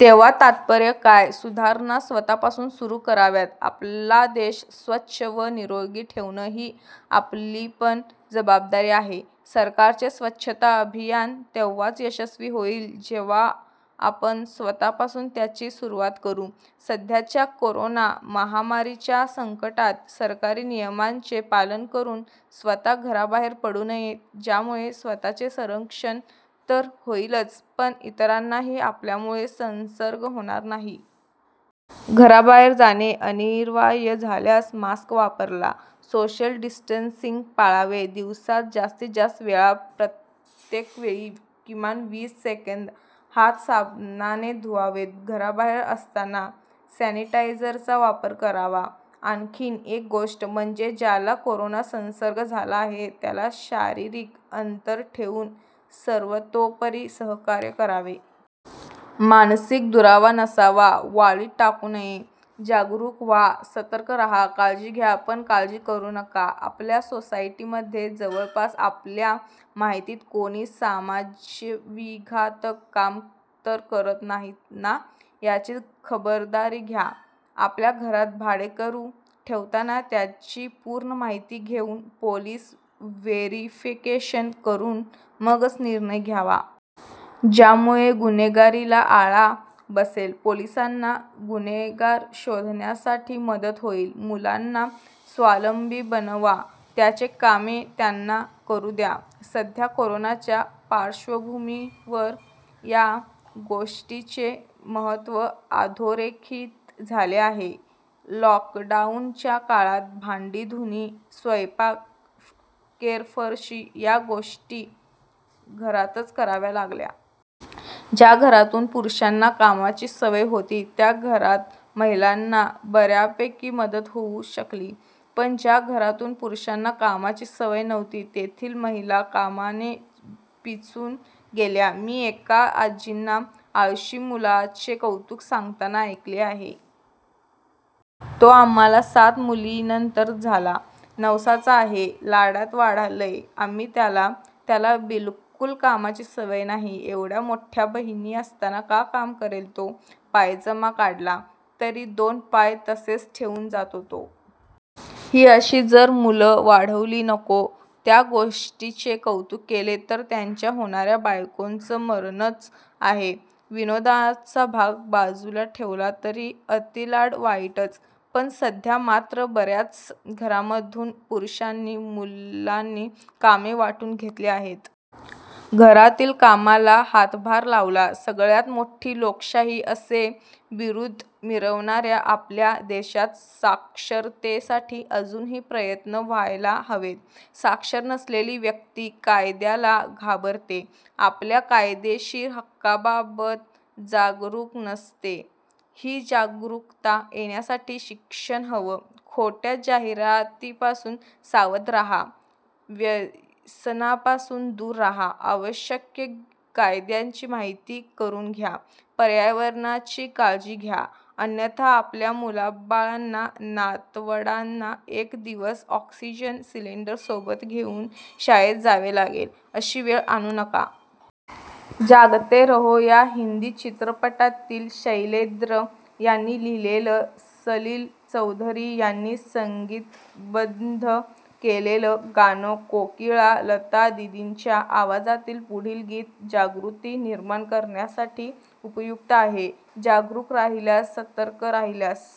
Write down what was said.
तेव्हा तात्पर्य काय, सुधारणा स्वतःपासून सुरू कराव्यात. आपला देश स्वच्छ व निरोगी ठेवणं ही आपलीपण जबाबदारी आहे. सरकारचे स्वच्छता अभियान तेव्हाच यशस्वी होईल, जेव्हा आपण स्वतःपासून त्याची सुरुवात करू. सध्याच्या कोरोना महामारीच्या संकटात सरकारी नियमांचे पालन करून स्वतः घराबाहेर पडू नये, ज्यामुळे स्वतःचे संरक्षण तर होईलच पण इतरांनाही आपल्यामुळे संसर्ग होणार नाही. घराबाहेर जाणे अनिवार्य झाल्यास मास्क वापरावा, सोशल डिस्टन्सिंग पाळावे, दिवसात जास्तीत जास्त वेळा प्रत्येक वेळी किमान वीस सेकंद हात साबणाने धुवावेत, घराबाहेर असताना सॅनिटायझरचा वापर करावा. आणखीन एक गोष्ट म्हणजे ज्याला कोरोना संसर्ग झाला आहे त्याला शारीरिक अंतर ठेवून सर्वतोपरी सहकार्य करावे. मानसिक दुरावा नसावा. वाळीत टाकू नये. जागरूक व्हा, सतर्क राहा, काळजी घ्या पण काळजी करू नका. आपल्या सोसायटीमध्ये, जवळपास, आपल्या माहितीत कोणी समाजविघातक काम तर करत नाही ना? याची खबरदारी घ्या. आपल्या घरात भाडेकरू ठेवताना त्याची पूर्ण माहिती घेऊन, पोलीस व्हेरिफिकेशन करून मगच निर्णय घ्यावा. ज्यामुळे गुन्हेगारीला आळा बसेल. पोलिसांना गुन्हेगार शोधण्यासाठी मदत होईल. मुलांना स्वावलंबी बनवा. त्यांची कामे त्यांना करू द्या. सध्या कोरोनाच्या पार्श्वभूमीवर या गोष्टीचे महत्त्व अधोरेखित झाले आहे. लॉकडाऊनच्या काळात भांडी, धुणी, स्वयंपाक, केरफरशी या गोष्टी घरातच कराव्या लागल्या. ज्या घरातून पुरुषांना कामाची सवय होती त्या घरात महिलांना बऱ्यापैकी मदत होऊ शकली. पण ज्या घरातून पुरुषांना कामाची सवय नव्हती तेथील महिला कामाने पिचून गेल्या. मी एका आजींना आळशी मुलाचे कौतुक सांगताना ऐकले आहे. तो आम्हाला सात मुलींनंतर झाला. नवसाचा आहे. लाडात वाढवलंय आम्ही त्याला. त्याला बिलकुल कामाची सवय नाही. एवढ्या मोठ्या बहिणी असताना का काम करेल तो? पायजमा काढला तरी दोन पाय तसेच ठेऊन जातो तो. ही अशी जर मुलं वाढवली, नको त्या गोष्टींचे कौतुक केले तर त्यांच्या होणाऱ्या बायकोचं मरणच आहे. विनोदाचा भाग बाजूला ठेवला तरी अतिलाड वाईटच. पण सध्या मात्र बऱ्याच घरांमधून पुरुषांनी, मुलांनी कामे वाटून घेतली आहेत. घरातील कामाला हातभार लावला. सगळ्यात मोठी लोकशाही असे बिरुद मिरवणाऱ्या आपल्या देशात साक्षरतेसाठी अजूनही प्रयत्न व्हायला हवेत. साक्षर नसलेली व्यक्ती कायद्याला घाबरते. आपल्या कायदेशीर हक्कांबाबत जागरूक नसते. ही जागरूकता येण्यासाठी शिक्षण हवं. खोट्या जाहिरातींपासून सावध राहा, व्यसनांपासून दूर राहा, आवश्यक कायद्यांची माहिती करून घ्या, पर्यावरणाची काळजी घ्या अन्यथा आपल्या मुलाबाळांना, नातवंडांना एक दिवस ऑक्सिजन सिलिंडर सोबत घेऊन शाळेत जावे लागेल, अशी वेळ आणू नका. जागते रहो या हिंदी चित्रपटातील शैलेंद्र यांनी लिहिलेलं, सलील चौधरी यांनी संगीतबद्ध केलेलं, गान कोकिळा लता दिदींच्या आवाजातील पुढील गीत जागृती निर्माण करण्यासाठी उपयुक्त आहे. जागरूक राहिल्यास, सतर्क राहिल्यास